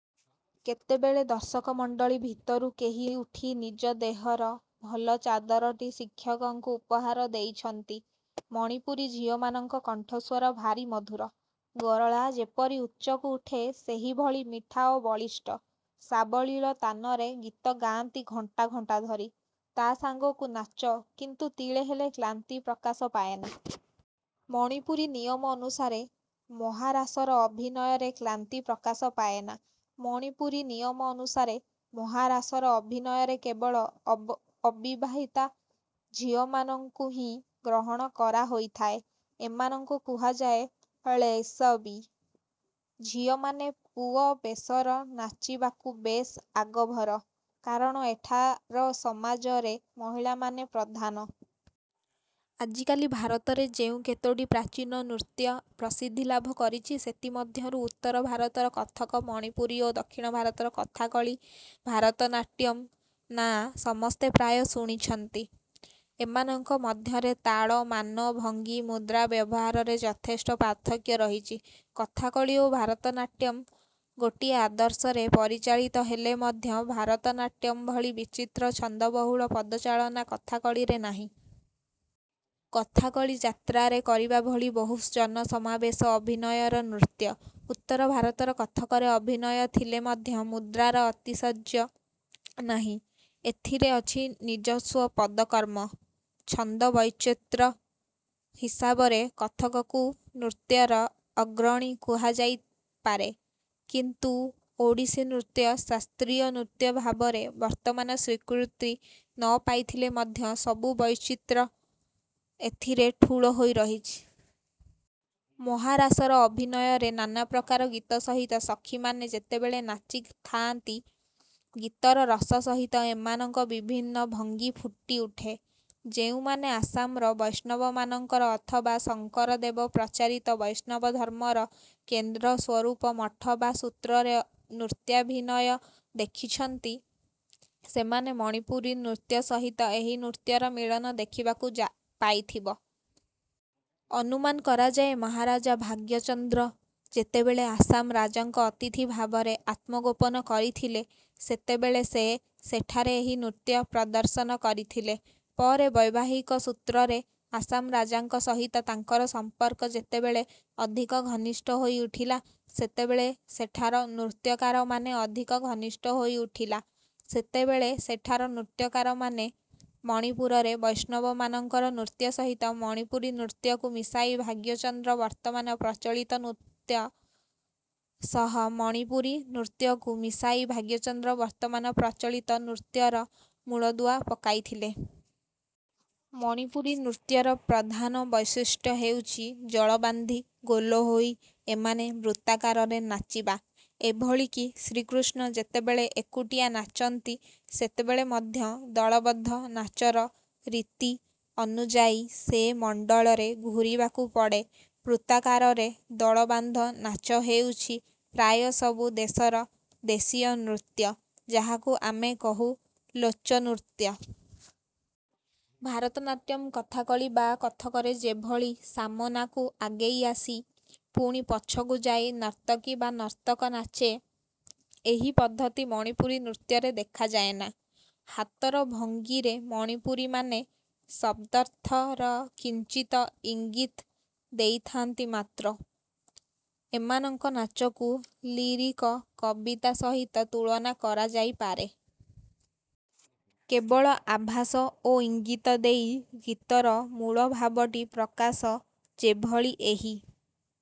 କେତେବେଳେ ଦର୍ଶକମଣ୍ଡଳୀ ଭିତରୁ କେହି ଉଠି ନିଜ ଦେହର ଭଲ ଚାଦରଟି ଶିକ୍ଷକଙ୍କୁ ଉପହାର ଦେଇଛନ୍ତି। ମଣିପୁରୀ ଝିଅମାନଙ୍କ କଣ୍ଠସ୍ୱର ଭାରି ମଧୁର। ଗଳା ଯେପରି ଉଚ୍ଚକୁ ଉଠେ, ସେହିଭଳି ମିଠା ଓ ବଳିଷ୍ଠ। ସାବଲୀଳ ତାନରେ ଗୀତ ଗାଆନ୍ତି ଘଣ୍ଟା ଘଣ୍ଟା ଧରି, ତା ସାଙ୍ଗାକୁ ନାଚ-କିନ୍ତୁ ତିଳେହେଲେ କ୍ଲାନ୍ତି ପ୍ରକାଶ ପାଏନା। ମଣିପୁରୀ ନିୟମ ଅନୁସାରେ ମହାରାସର ଅଭିନୟରେ କ୍ଲାନ୍ତି ପ୍ରକାଶ ପାଏନା। ମଣିପୁରୀ ନିୟମ ଅନୁସାରେ ମହାରାସର ଅଭିନୟରେ କେବଳ ଅବିବାହିତା ଝିଅ ମାନଙ୍କୁ ହିଁ ଗ୍ରହଣ କରାହୋଇଥାଏ। ଏମାନଙ୍କୁ କୁହାଯାଏ ''ଲୈସବୀ''। ଝିଅମାନେ ପୁଅ ବେଶର ନାଚିବାକୁ ବେଶ୍ ଆଗଭର। କାରଣ ଏଠାର ସମାଜରେ ମହିଳାମାନେ ପ୍ରଧାନ। ଆଜିକାଲି ଭାରତରେ ଯେଉଁ କେତୋଟି ପ୍ରାଚୀନ ନୃତ୍ୟ ପ୍ରସିଦ୍ଧିଲାଭ କରିଚି, ସେଥିମଧ୍ୟରୁ ଉତ୍ତର-ଭାରତର କଥକ, ମଣିପୁରୀ ଓ ଦକ୍ଷିଣ-ଭାରତର କଥାକଳି, ଭାରତନାଟ୍ୟମ୍ ନାଁ ସମସ୍ତେ ପ୍ରାୟ ଶୁଣିଚନ୍ତି। ଏମାନଙ୍କ ମଧ୍ୟରେ ତାଳ, ମାନ, ଭଙ୍ଗୀ, ମୁଦ୍ରା ବ୍ୟବହାରରେ ଯଥେଷ୍ଟ ପାର୍ଥକ୍ୟ ରହିଛି। କଥାକଳି ଓ ଭାରତ ନାଟ୍ୟମ୍ ଗୋଟିଏ ଆଦର୍ଶରେ ପରିଚାଳିତ ହେଲେ ମଧ୍ୟ ଭାରତନାଟ୍ୟମ୍ ଭଳି ବିଚିତ୍ର ଛନ୍ଦବହୁଳ ପଦଚାଳନା କଥାକଳିରେ ନାହିଁ। କଥାକଳି ଯାତ୍ରାରେ କରିବା ଭଳି ବହୁଜନସମାବେଶ ଅଭିନୟର ନୃତ୍ୟ। ଉତ୍ତର-ଭାରତର କଥକରେ ଅଭିନୟ ଥିଲେ ମଧ୍ୟ ମୁଦ୍ରାର ଆତିଶଯ୍ୟ ନାହିଁ। ଏଥିରେ ଅଛି ନିଜସ୍ୱ ପଦକର୍ମ। ଛନ୍ଦ ବୈଚିତ୍ର୍ୟ ହିସାବରେ କଥକକୁ ନୃତ୍ୟର ଅଗ୍ରଣୀ କୁହାଯାଇପାରେ। କିନ୍ତୁ ଓଡ଼ିଶୀ ନୃତ୍ୟ ଶାସ୍ତ୍ରୀୟ ନୃତ୍ୟ ଭାବରେ ବର୍ତ୍ତମାନ ସ୍ୱୀକୃତି ନ ପାଇଥିଲେ ମଧ୍ୟ ସବୁ ବୈଚିତ୍ର୍ୟ ଏଥିରେ ଠୁଳ ହୋଇ ରହିଚି। ମହାରାସର ଅଭିନୟରେ ନାନାପ୍ରକାର ଗୀତ ସହିତ ସଖୀମାନେ ଯେତେବେଳେ ନାଚି ଥାଆନ୍ତି, ଗୀତର ରସ ସହିତ ଏମାନଙ୍କ ବିଭିନ୍ନ ଭଙ୍ଗି ଫୁଟିଉଠେ। ଯେଉଁମାନେ ଆସାମର ବୈଷ୍ଣବମାନଙ୍କର ଅଥବା ଶଙ୍କରଦେବ ପ୍ରଚାରିତ ବୈଷ୍ଣବ ଧର୍ମର କେନ୍ଦ୍ର ସ୍ୱରୂପ 'ମଠ' ବା 'ସୂତ୍ର'ରେ ନୃତ୍ୟାଭିନୟ ଦେଖିଚନ୍ତି, ସେମାନେ ମଣିପୁରୀ ନୃତ୍ୟ ସହିତ ଏହି ନୃତ୍ୟର ମିଳନ ଦେଖିବାକୁ ପାଇଥିବ। ଅନୁମାନ କରାଯାଏ, ମହାରାଜା ଭାଗ୍ୟଚନ୍ଦ୍ର ଯେତେବେଳେ ଆସାମ ରାଜାଙ୍କ ଅତିଥି ଭାବରେ ଆତ୍ମଗୋପନ କରିଥିଲେ, ସେତେବେଳେ ସେ ସେଠାରେ ଏହି ନୃତ୍ୟ ପ୍ରଦର୍ଶନ କରିଥିଲେ। ପରେ ବୈବାହିକ ସୂତ୍ରରେ ଆସାମ ରାଜାଙ୍କ ସହିତ ତାଙ୍କର ସମ୍ପର୍କ ଯେତେବେଳେ ଅଧିକ ଘନିଷ୍ଠ ହୋଇ ଉଠିଲା, ସେତେବେଳେ ସେଠାର ନୃତ୍ୟକାରମାନେ ଅଧିକ ଘନିଷ୍ଠ ହୋଇ ଉଠିଲା, ସେତେବେଳେ ସେଠାର ନୃତ୍ୟକାରମାନେ ମଣିପୁରରେ ବୈଷ୍ଣବମାନଙ୍କର ନୃତ୍ୟ ସହିତ ମଣିପୁରୀ ନୃତ୍ୟକୁ ମିଶାଇ ଭାଗ୍ୟଚନ୍ଦ୍ର ବର୍ତ୍ତମାନ ପ୍ରଚଳିତ ନୃତ ସହିତ ମଣିପୁରୀ ନୃତ୍ୟକୁ ମିଶାଇ ଭାଗ୍ୟଚନ୍ଦ୍ର ବର୍ତ୍ତମାନ ପ୍ରଚଳିତ ନୃତ୍ୟର ମୂଳଦୁଆ ପକାଇଥିଲେ। ମଣିପୁରୀ ନୃତ୍ୟର ପ୍ରଧାନ ବୈଶିଷ୍ଟ୍ୟ ହେଉଚି, ଜଳବାନ୍ଧି ଗୋଲ ହୋଇ ଏମାନେ ବୃତ୍ତାକାରରେ ନାଚିବା। ଏଭଳି କି ଶ୍ରୀକୃଷ୍ଣ ଯେତେବେଳେ ଏକୁଟିଆ ନାଚନ୍ତି, ସେତେବେଳେ ମଧ୍ୟ ଦଳବଦ୍ଧ ନାଚର ରୀତି ଅନୁଯାୟୀ ସେ ମଣ୍ଡଳରେ ଘୂରିବାକୁ ପଡ଼େ। ବୃତ୍ତାକାରରେ ଦଳବାନ୍ଧ ନାଚ ହେଉଚି ପ୍ରାୟ ସବୁ ଦେଶର ଦେଶୀୟ ନୃତ୍ୟ, ଯାହାକୁ ଆମେ କହୁ 'ଲୋଚନୃତ୍ୟ'। ଭାରତନାଟ୍ୟମ୍, କଥା କଳି ବା କଥକରେ ଯେଭଳି ସାମନାକୁ ଆଗେଇ ଆସି, ପୁଣି ପଛକୁ ଯାଇ ନର୍ତ୍ତକୀ ବା ନର୍ତ୍ତକ ନାଚେ, ଏହି ପଦ୍ଧତି ମଣିପୁରୀ ନୃତ୍ୟରେ ଦେଖାଯାଏନା। ହାତର ଭଙ୍ଗୀରେ ମଣିପୁରୀମାନେ ଶବ୍ଦର୍ଥର କିଞ୍ଚିତ ଇଙ୍ଗିତ୍ ଦେଇଥାନ୍ତି ମାତ୍ର। ଏମାନଙ୍କ ନାଚକୁ ଲିରିକ କବିତା ସହିତ ତୁଳନା କରାଯାଇପାରେ। କେବଳ ଆଭାସ ଓ ଇଙ୍ଗିତ ଦେଇ ଗୀତର ମୂଳଭାବଟି ପ୍ରକାଶ ଯେଭଳି ଏହି